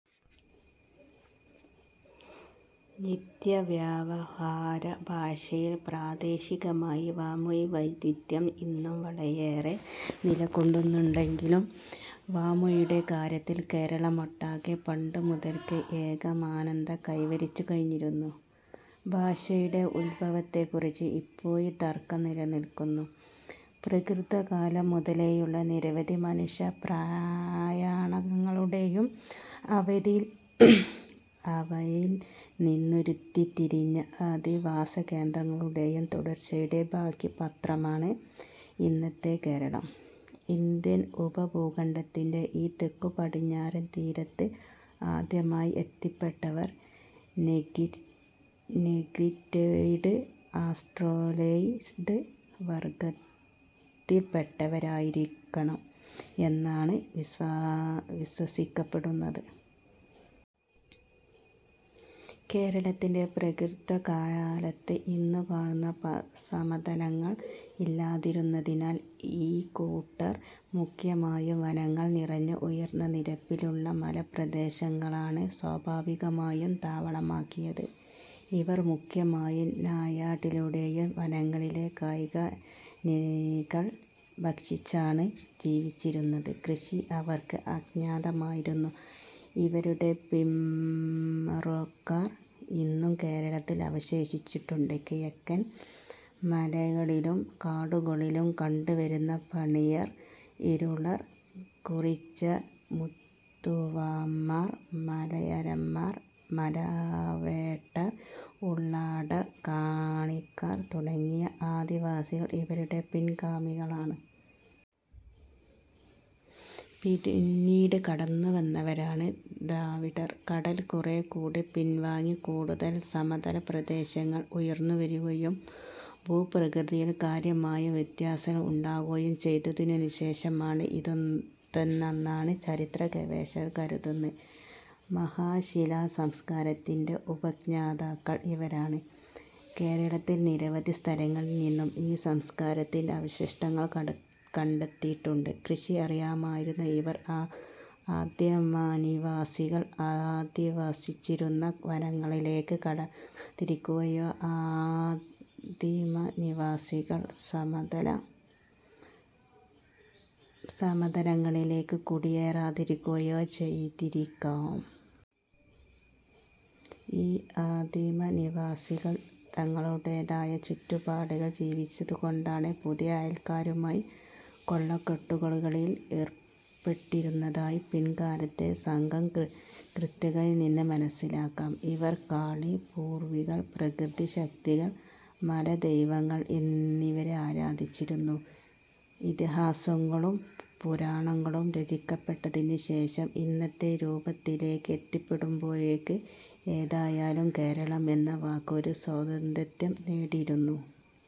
നിത്യവ്യവഹാരഭാഷയിൽ പ്രാദേശികമായി വാമൊഴിവൈവിദ്ധ്യം ഇന്നും വളരെയേറെ നിലനിൽക്കുന്നുണ്ടെങ്കിലും വരമൊഴിയുടെ കാര്യത്തിൽ കേരളമൊട്ടാകെ പണ്ടുമുതൽക്കേ ഏകമാനത കൈവരിച്ചുകഴിഞ്ഞിരുന്നു. ഭാഷയുടെ ഉത്ഭവത്തെ കുറിച്ച് ഇപ്പോഴും തർക്കം നിലനിൽക്കുന്നു പ്രാകൃതകാലം മുതലേയുള്ള നിരവധി മനുഷ്യപ്രയാണങ്ങളുടേയും അവയിൽനിന്നുരുത്തിരിഞ്ഞ അധിവാസകേന്ദ്രങ്ങളുടേയും തുടർച്ചയുടെ ബാക്കി പത്രമാണ് ഇന്നത്തെ കേരളം. ഇന്ത്യൻ ഉപഭൂഖണ്ഡത്തിന്റെ ഈ തെക്കുപടിഞ്ഞാറൻ തീരദേശത്ത് ആദ്യമായി എത്തിപ്പെട്ടവർ നെഗ്രിറ്റോയ്ഡ്-ആസ്ത്രലോയ്ഡ് വർഗ്ഗത്തിൽ പെട്ടവരായിരുന്നിരിക്കണം എന്നാണ് വിശ്വസിക്കപ്പെടുന്നത്. കേരളത്തിന്റെ പ്രാകൃതകാലത്ത് ഇന്നുകാണുന്ന സമതലങ്ങൾ ഇല്ലാതിരുന്നതിനാൽ ഇക്കൂട്ടർ മുഖ്യമായും വനങ്ങൾ നിറഞ്ഞ ഉയർന്ന നിരപ്പിലുള്ള മലമ്പ്രദേശങ്ങളാണ് സ്വാഭാവികമായും താവളമാക്കിയത്. ഇവർ മുഖ്യമായും നായാട്ടിലൂടെയും വനങ്ങളിലെ കായ്കനികൾ ഭക്ഷിച്ചുമാണ് ജീവിച്ചിരുന്നത്. കൃഷി അവർക്ക് അജ്ഞാതമായിരുന്നു. ഇവരുടെ പിന്മുറക്കാർ ഇന്നും കേരളത്തിൽ അവശേഷിച്ചിട്ടുണ്ട്. കിഴക്കൻ മലകളിലും കാടുകളിലും കണ്ടുവരുന്ന പണിയർ, ഇരുളർ, കുറിച്യർ, മുതുവാന്മാർ, മലയരയർ, മലവേടർ, ഉള്ളാടർ, കാണിക്കാർ തുടങ്ങിയ ആദിവാസികൾ ഇവരുടെ പിൻഗാമികൾ ആണ്. പിന്നീട് കടന്നുവന്നവരാണ് ദ്രാവിഡർ. കടൽ കുറേക്കൂടി പിൻവാങ്ങി കൂടുതൽ സമതലപ്രദേശങ്ങൾ ഉയർന്നുവരികയും ഭൂപ്രകൃതിയിൽ കാര്യമായ വ്യത്യാസങ്ങൾ ഉണ്ടാകുകയും ചെയ്തതിനുശേഷമാണ് ഇതെന്നാണ് ചരിത്രഗവേഷകർ കരുതുന്നത്. മഹാശിലസംസ്കാരത്തിന്റെ ഉപജ്ഞാതാക്കൾ ഇവരാണ്. കേരളത്തിൽ നിരവധി സ്ഥലങ്ങളിൽ നിന്നും ഈ സംസ്കാരത്തിന്റെ അവശിഷ്ടങ്ങൾ കണ്ടെടുത്തിട്ടുണ്ട്. കൃഷി അറിയാമായിരുന്ന ഇവർ ആദിമനിവാസികൾ അധിവസിച്ചിരുന്ന വനങ്ങളിലേക്ക് കടക്കാതിരിക്കുകയോ ആദിമനിവാസികൾ സമതലങ്ങളിലേക്ക് കുടിയേറാതിരിക്കുകയോ ചെയ്തിരിക്കാം. ഈ ആദിമനിവാസികൾ തങ്ങളുടേതായ ചുറ്റുപാടുകളിൽ ജീവിച്ചുകൊണ്ട് പുതിയ അയൽക്കാരുമായി കൊള്ളക്കൊടുക്കകളിൽ ഏർപ്പെട്ടിരുന്നതായി പിൽക്കാലത്തെ സംഘം കൃതികളിൽ നിന്ന് മനസ്സിലാക്കാം. ഇവർ കാളി, പൂർവ്വികർ, പ്രകൃതിശക്തികൾ, മലദൈവങ്ങൾ എന്നിവരെ ആരാധിച്ചിരുന്നു. ഇതിഹാസങ്ങളും പുരാണങ്ങളും രചിക്കപ്പെട്ടതിനുശേഷം ഇന്നത്തെ രൂപത്തിലേക്ക് എത്തിപ്പെടുമ്പോഴേക്ക് ഏതായാലും കേരളം എന്ന വാക്ക് ഒരു സ്വതന്ത്രാസ്തിത്വം നേടിയിരുന്നു.